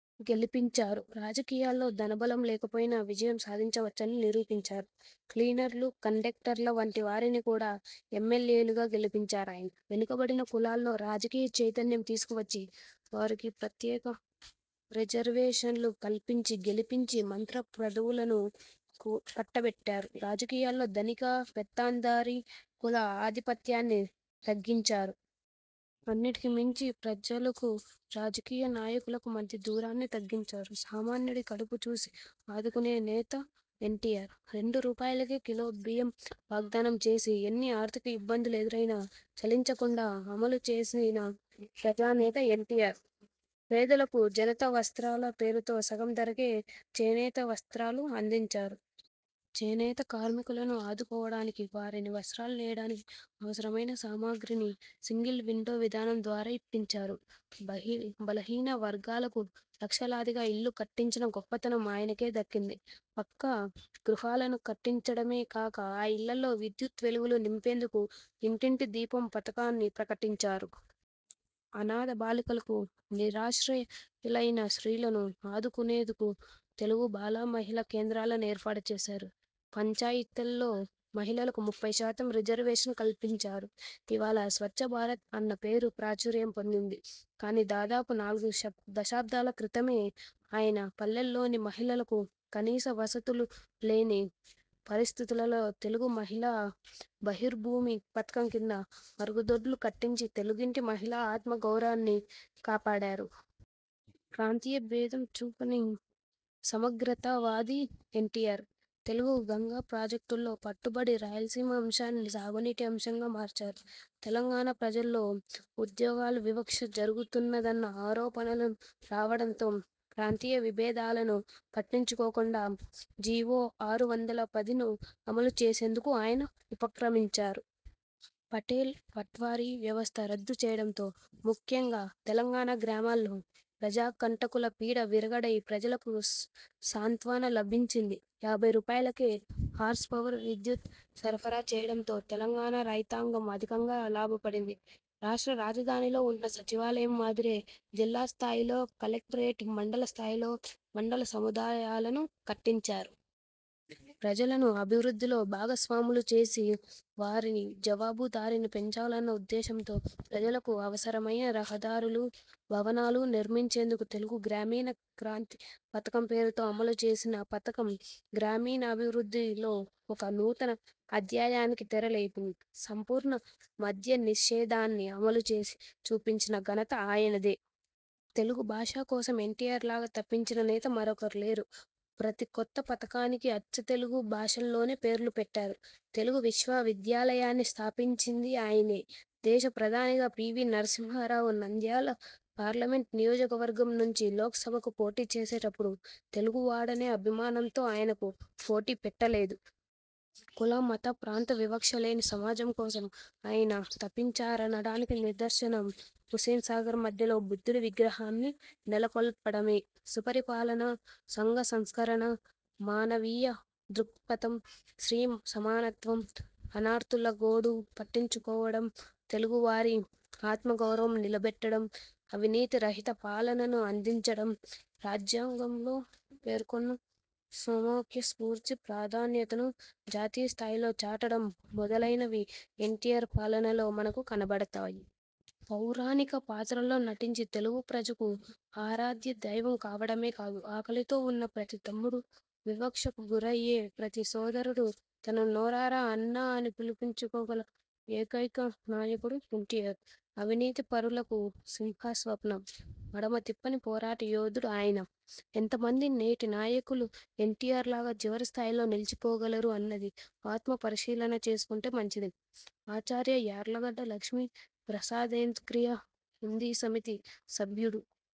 గెలిపించారు. రాజకీయాల్లో ధనబలం లేకపోయినా విజయం సాధించవచ్చని నిరూపించారు. క్లీనర్లు, కండక్టర్ల వంటి వారిని కూడా ఎమ్మెల్యేలుగా గెలిపించారాయన. వెనుకబడిన కులాల్లో రాజకీయ చైతన్యం తీసుకువచ్చి, వారికి ప్రత్యేక రిజర్వేషన్లు కల్పించి, గెలిపించి మంత్ర ప్రదవులను కట్టబెట్టారు. రాజకీయాల్లో ధనిక, పెత్తందారీ, కుల ఆధిపత్యాన్ని తగ్గించారు. అన్నిటికీ మించి ప్రజ్జలకూ రాజకీయ నాయకులకూ మధ్య దూరాన్ని తగ్గించారు. సామాన్యుడి కడుపు చూసి ఆదుకున్న నేత ఎన్టీఆర్. రెండు రూపాయలకే కిలో బియ్యం వాగ్దానం చేసి ఎన్ని ఆర్థిక ఇబ్బందులు ఎదురైనా చలించకుండా అమలు చేసిన ప్రజానేత ఎన్టీఆర్. పేదలకు జనతా వస్త్రాల పేరుతో సగం ధరకే చేనేత వస్త్రాలు అందించారు. చేనేత కార్మికులను ఆదుకోవడానికి వారికి వస్త్రాలు నేయడానికి అవసరమైన సామగిన్రి సింగిల్ విండో విధానం ద్వారా ఇప్పించారు. బలహీన వర్గాలకు లక్షలాదిగా ఇళ్లు కట్టించిన గొప్పతనం ఆయనకే దక్కింది. పక్కా గృహాలను కట్టించడమే కాక ఆ ఇళ్లలో విద్యుత్ వెలుగులు నింపేందుకు ఇంటింటి దీపం పథకాన్ని ప్రకటించారు. అనాథ బాలికలను, నిరాశ్రయులైన స్త్రీలను ఆదుకునేదుకు తెలుగు బాల మహిళా కేంద్రాలను ఏర్పాటు చేశారు. పంచాయతీల్లో మహిళలకు ముప్పై శాతం రిజర్వేషన్ కల్పించారు. ఇవాళ స్వచ్చభారత్ అన్న పేరు ప్రాచుర్యం పొందింది కాని దాదాపు నాలుగు శత్ దశాబ్దాల క్రితమే ఆయన పల్లెల్లోని మహిళలకు కనీస వసతులు లేని పరిస్థితులలో తెలుగు మహిళా బహిర్భూమి పధకం క్రింద మరుగుదొడ్లు కట్టించి తెలుగింటి మహిళ ఆత్మ గౌరన్ని కాపాడారు. ప్రాంతీయ భేదం చూపని సమగ్రతా వాది ఎన్టీఆర్. తెలుగు గంగ ప్రాజెక్టుల్లో పట్టుబట్టి రాయలసీమ అంశాన్ని సాగునీటి అంశంగా మార్చారు. తెలంగాణ ప్రజల్లో ఉద్యోగాల్లో వివక్ష జరుగుతున్నదన్న ఆరోపణలు రావడంతో ప్రాంతీయ విభేదాలను పట్టించుకోకుండా జీవో ఆరు వందల పదిను అమలు చేసేందుకు ఆయన ఉపక్రమించారు. పటేల్, పట్వారీ వ్యవస్థ రద్దు చేయడంతో ముఖ్యంగా తెలంగాణ గ్రామాల్లో ప్రజాకంటకుల పీడ విరగడై ప్రజలకు సాంత్వన లభించింది. యాభై రూపాయలుకే హార్స్ పవర్ విద్యుత్ సరఫరా చేయడంతో తెలంగాణ రైతాంగం అధికంగా లాభపడింది. రాష్ట్ర రాజధానిలో ఉన్న సచివాలయం మాదిరే జిల్లా స్థాయిలో కలెక్టరేట్, మండల స్థాయిలో మండల సముదాయాలను కట్టించారు. ప్రజలను అభివృద్ధిలో భాగస్వామలు చేసి వారి జవాబుదారీని పెంచాలన్న ఉద్దేశంతో ప్రజలకు అవసరమైన రహదారులు, భవనాలు నిర్మించేందుకు తెలుగు గ్రామీణ క్రాంతి పథం పేరుతో అమలు చేసిన పథకం గ్రామీణాభివృద్ధిలో ఒక నూతన అధ్యాయానికి తెర లేపింది. సంపూర్ణ మద్యనిషేధాన్ని అమలు చేసి చూపించిన ఘనత ఆయనదే. తెలుగుభాష కోసం ఎన్టీఆర్ లాగా తపించిన నేత మరొకరు లేరు. ప్రతి కొత్త పథకానికి అచ్చతెలుగు భాషలోనే పేర్లు పెట్టారు. తెలుగు విశ్వవిద్యాలయాన్ని స్థాపించింది ఆయనే. దేశ ప్రధానిగా P. V. Narasimha Rao Nandyal parliament నియోజవర్గం నుంచి లోక్సభకు పోటీ చేసినప్పుడు తెలుగువాడనే అభిమానంతో ఆయనకు పోటీ పెట్టలేదు. కుల, మత, ప్రాంత వివక్షలేని సమాజం కోసం ఆయన తపించారనడానికి నిదర్శనం హుస్సేన్ సాగర్ మధ్యలో బుద్ధుడి విగ్రహాన్ని నెలకొల్పడమే. సుపరిపాలన, సంఘసంస్కరణ, మానవీయ దృక్పథం, స్త్రీ సమానత్వం, అన్నార్తులగోడు పట్టించుకోవడం, తెలుగువారి ఆత్మగౌరవం నిలబెట్టడం, అవినీతి రహిత పాలనను అందించడం, రాజ్యాంగంలో పేర్కొన్న సమాఖ్యస్ఫూర్తి ప్రాధాన్యతను జాతీయ స్థాయిలో చాటడం మొదలైనవి ఎన్టీఆర్ పాలనలో మనకు కనపడతాయి. పౌరాణిక పాత్రల్లో నటించి తెలుగు ప్రజకు ఆరాధ్యదైవం కావడమే కాదు, ఆకలితో ఉన్న ప్రతి తమ్ముడూ, వివక్షకు గురయ్యే ప్రతి సోదరుడూ తనను నోరారా అన్నా అని పిలిపించుకోగలిగిన ఏకైకనాయకుడు ఎన్టీఆర్. అవినీతి పరులకు సింహస్వప్నం. మడమతిప్పని పోరాట యోధుడు ఆయన. ఎంతమంది నేటి నాయకులు ఎన్టీఆర్ లాగా చివరి స్థాయిలో నిలిచిపోగలరు అన్నది ఆత్మపరిశీలన చేసుకుంటే మంచిది. ఆచార్య యార్లగడ్డ లక్ష్మీ ప్రసాద్కేంద్రీయ హిందీ సమితి సభ్యుడు,